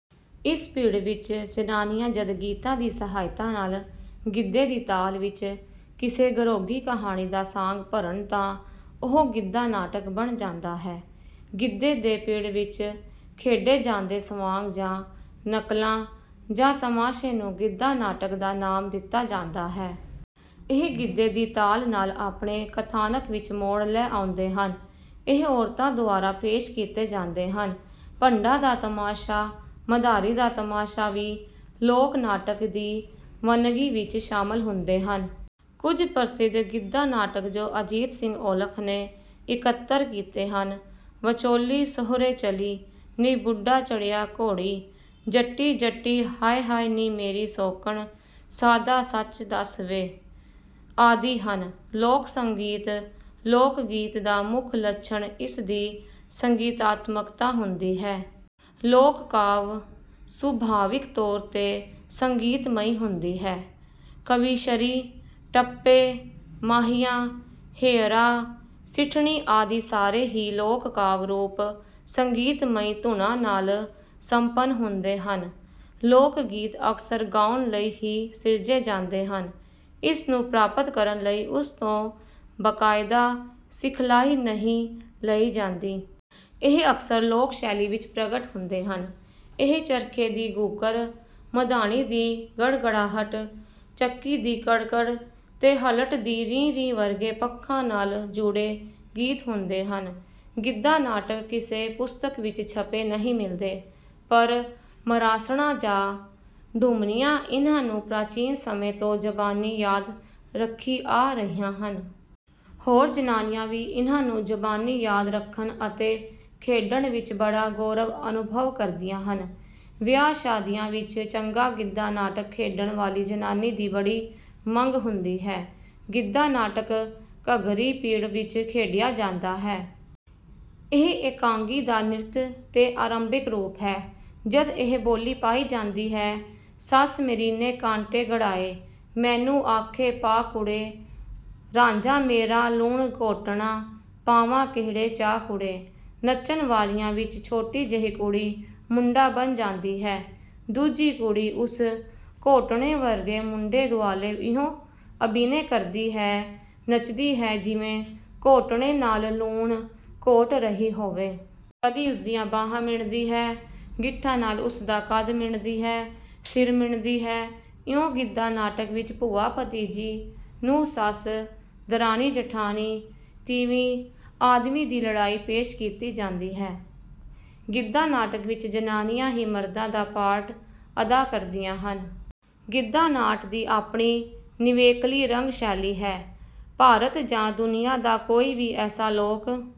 ਇਸ ਪਿੜ ਵਿੱਚ ਜ਼ਨਾਨੀਆਂ ਜਦ ਗੀਤਾਂ ਦੀ ਸਹਾਇਤਾ ਨਾਲ ਗਿੱਧੇ ਦੀ ਤਾਲ ਵਿੱਚ ਕਿਸੇ ਘਰੋਗੀ ਕਹਾਣੀ ਦਾ ਸਾਂਗ ਭਰਨ ਤਾਂ ਉਹ 'ਗਿੱਧਾ-ਨਾਟਕ' ਬਣ ਜਾਂਦਾ ਹੈ। ਗਿੱਧੇ ਦੇ ਪਿੜ ਵਿੱਚ ਖੇਡੇ ਜਾਂਦੇ ਸਵਾਂਗ ਜਾਂ ਨਕਲਾਂ ਜਾਂ ਤਮਾਸ਼ੇ ਨੂੰ ਗਿੱਧਾ-ਨਾਟਕ ਦਾ ਨਾਮ ਦਿੱਤਾ ਜਾਂਦਾ ਹੈ। ਇਹ ਗਿੱਧੇ ਦੀ ਤਾਲ ਨਾਲ ਆਪਣੇ ਕਥਾਨਕ ਵਿੱਚ ਮੋੜ ਲੈ ਆਉਂਦੇ ਹਨ। ਇਹ ਔਰਤਾਂ ਦੁਆਰਾ ਪੇਸ਼ ਕੀਤੇ ਜਾਂਦੇ ਹਨ। ਭੰਡਾਂ ਦਾ ਤਮਾਸ਼ਾ, ਮਦਾਰੀ ਦਾ ਤਮਾਸ਼ਾ ਵੀ ਲੋਕ-ਨਾਟਕ ਦੀ ਵੰਨਗੀ ਵਿੱਚ ਸ਼ਾਮਲ ਹੁੰਦੇ ਹਨ। ਕੁਝ ਪ੍ਰਸਿੱਧ ਗਿੱਧਾ-ਨਾਟਕ ਜੋ ਅਜੀਤ ਸਿੰਘ ਔਲਖ ਨੇ ਇਕੱਤਰ ਕੀਤੇ ਹਨ; ਵਚੋਲੀ ਸਹੁਰੇ ਚਲੀ, ਨੀ ਬੁੱਢਾ ਚੜ੍ਹਿਆ ਘੋੜੀ, ਜੱਟੀ-ਜੱਟੀ, ਹਾਏ-ਹਾਏ ਨੀ ਮੇਰੀ ਸੌਕਣ, ਸਾਧਾ ਸੱਚ ਦੱਸ ਵੇ ਆਦਿ ਹਨ। ਲੋਕ-ਸੰਗੀਤ :- ਲੋਕ-ਗੀਤ ਦਾ ਮੁੱਖ ਲੱਛਣ ਇਸ ਦੀ ਸੰਗੀਤਾਤਮਕਤਾ ਹੁੰਦੀ ਹੈ। ਲੋਕ-ਕਾਵਿ ਸੁਭਾਵਿਕ ਤੌਰ 'ਤੇ ਸੰਗੀਤਮਈ ਹੁੰਦੀ ਹੈ। 'ਕਵੀਸ਼ਰੀ, ਟੱਪੇ, ਮਾਹੀਆਂ, ਹੇਅਰਾ, ਸਿੱਠਣੀ ਆਦਿ ਸਾਰੇ ਹੀ ਲੋਕ-ਕਾਵਿ ਰੂਪ ਸੰਗੀਤਮਈ ਧੁਨਾਂ ਨਾਲ ਸੰਪੰਨ ਹੁੰਦੇ ਹਨ। ਲੋਕ-ਗੀਤ ਅਕਸਰ ਗਾਉਣ ਲਈ ਹੀ ਸਿਰਜੇ ਜਾਂਦੇ ਹਨ। ਇਸ ਨੂੰ ਪ੍ਰਾਪਤ ਕਰਨ ਲਈ ਉਸ ਤੋਂ ਬਾਕਾਇਦਾ ਸਿਖਲਾਈ ਨਹੀਂ ਲਈ ਜਾਂਦੀ। "ਇਹ ਅਕਸਰ ਲੋਕ-ਸ਼ੈਲੀ ਵਿੱਚ ਪ੍ਰਗਟ ਹੁੰਦੇ ਹਨ। ਇਹ ਚਰਖੇ ਦੀ ਘੂਕਰ, ਮਧਾਣੀ ਦੀ ਗੜਗੜਾਹਟ, ਚੱਕੀ ਦੀ ਕੜ-ਕੜ ਤੇ ਹਲਟ ਦੀ ਰੀਂ-ਰੀਂ ਵਰਗੇ ਪੱਖਾਂ ਨਾਲ ਜੁੜੇ ਗੀਤ ਹੁੰਦੇ ਹਨ।" ਗਿੱਧਾ-ਨਾਟਕ ਕਿਸੇ ਪੁਸਤਕ ਵਿੱਚ ਛਪੇ ਨਹੀਂ ਮਿਲਦੇ, ਪਰ ਮਰਾਸਣਾਂ ਜਾਂ ਡੂਮਣੀਆਂ ਇਹਨਾਂ ਨੂੰ ਪ੍ਰਾਚੀਨ ਸਮੇਂ ਤੋਂ ਜ਼ਬਾਨੀ ਯਾਦ ਰੱਖੀ ਆ ਰਹੀਆਂ ਹਨ। ਹੋਰ ਜ਼ਨਾਨੀਆਂ ਵੀ ਇਹਨਾਂ ਨੂੰ ਜ਼ਬਾਨੀ ਯਾਦ ਰੱਖਣ ਅਤੇ ਖੇਡਣ ਵਿੱਚ ਬੜਾ ਗੌਰਵ ਅਨੁਭਵ ਕਰਦੀਆਂ ਹਨ। ਵਿਆਹ-ਸ਼ਾਦੀਆਂ ਵਿੱਚ ਚੰਗਾ ਗਿੱਧਾ-ਨਾਟਕ ਖੇਡਣ ਵਾਲੀ ਜ਼ਨਾਨੀ ਦੀ ਬੜੀ ਮੰਗ ਹੁੰਦੀ ਹੈ। ਗਿੱਧਾ-ਨਾਟਕ ਘੱਗਰੀ-ਪਿੜ ਵਿੱਚ ਖੇਡਿਆ ਜਾਂਦਾ ਹੈ। ਇਹ ਇਕਾਂਗੀ ਦਾ ਨ੍ਰਿਤ ਤੇ ਆਰੰਭਿਕ ਰੂਪ ਹੈ। ਜਦ ਇਹ ਬੋਲੀ ਪਾਈ ਜਾਂਦੀ ਹੈ: ਸੱਸ ਮੇਰੀ ਨੇ ਕਾਂਟੇ ਘੜਾਏ, ਮੈਨੂੰ ਆਖੇ ਪਾ ਕੁੜੇ, ਰਾਂਝਾ ਮੇਰਾ ਲੂਣ ਘੋਟਣਾ, ਪਾਵਾਂ ਕਿਹੜੇ ਚਾਅ ਕੁੜੇ। ਨੱਚਣ ਵਾਲਿਆਂ ਵਿੱਚ ਛੋਟੀ ਜਿਹੀ ਕੁੜੀ ਮੁੰਡਾ ਬਣ ਜਾਂਦੀ ਹੈ, ਦੂਜੀ ਕੁੜੀ ਉਸ ਘੋਟਣੇ ਵਰਗੇ ਮੁੰਡੇ ਦੁਆਲੇ ਇਉਂ ਅਭਿਨੈ ਕਰਦੀ ਹੈ, ਨੱਚਦੀ ਹੈ ਜਿਵੇਂ ਘੋਟਣੇ ਨਾਲ ਲੂਣ ਘੋਟ ਰਹੀ ਹੋਵੇ। ਕਦੀ ਉਸ ਦੀਆਂ ਬਾਂਹਾਂ ਮਿਣਦੀ ਹੈ, ਗਿੱਠਾਂ ਨਾਲ ਉਸ ਦਾ ਕੱਦ ਮਿਣਦੀ ਹੈ, ਸਿਰ ਮਿਣਦੀ ਹੈ। ਇਉਂ ਗਿੱਧਾ-ਨਾਟਕ ਵਿੱਚ ਭੂਆ-ਭਤੀਜੀ, ਨੂੰਹ-ਸੱਸ, ਦਰਾਣੀ-ਜਠਾਣੀ, ਤੀਵੀਂ-ਆਦਮੀ ਦੀ ਲੜਾਈ ਪੇਸ਼ ਕੀਤੀ ਜਾਂਦੀ ਹੈ। ਗਿੱਧਾ-ਨਾਟਕ ਵਿੱਚ ਜ਼ਨਾਨੀਆਂ ਹੀ ਮਰਦਾਂ ਦਾ ਪਾਰਟ ਅਦਾ ਕਰਦੀਆਂ ਹਨ। ਗਿੱਧਾ-ਨਾਟ ਦੀ ਆਪਣੀ ਨਿਵੇਕਲੀ ਰੰਗ-ਸ਼ੈਲੀ ਹੈ। ਭਾਰਤ ਜਾਂ ਦੁਨੀਆ ਦਾ ਕੋਈ ਵੀ ਐਸਾ ਲੋਕ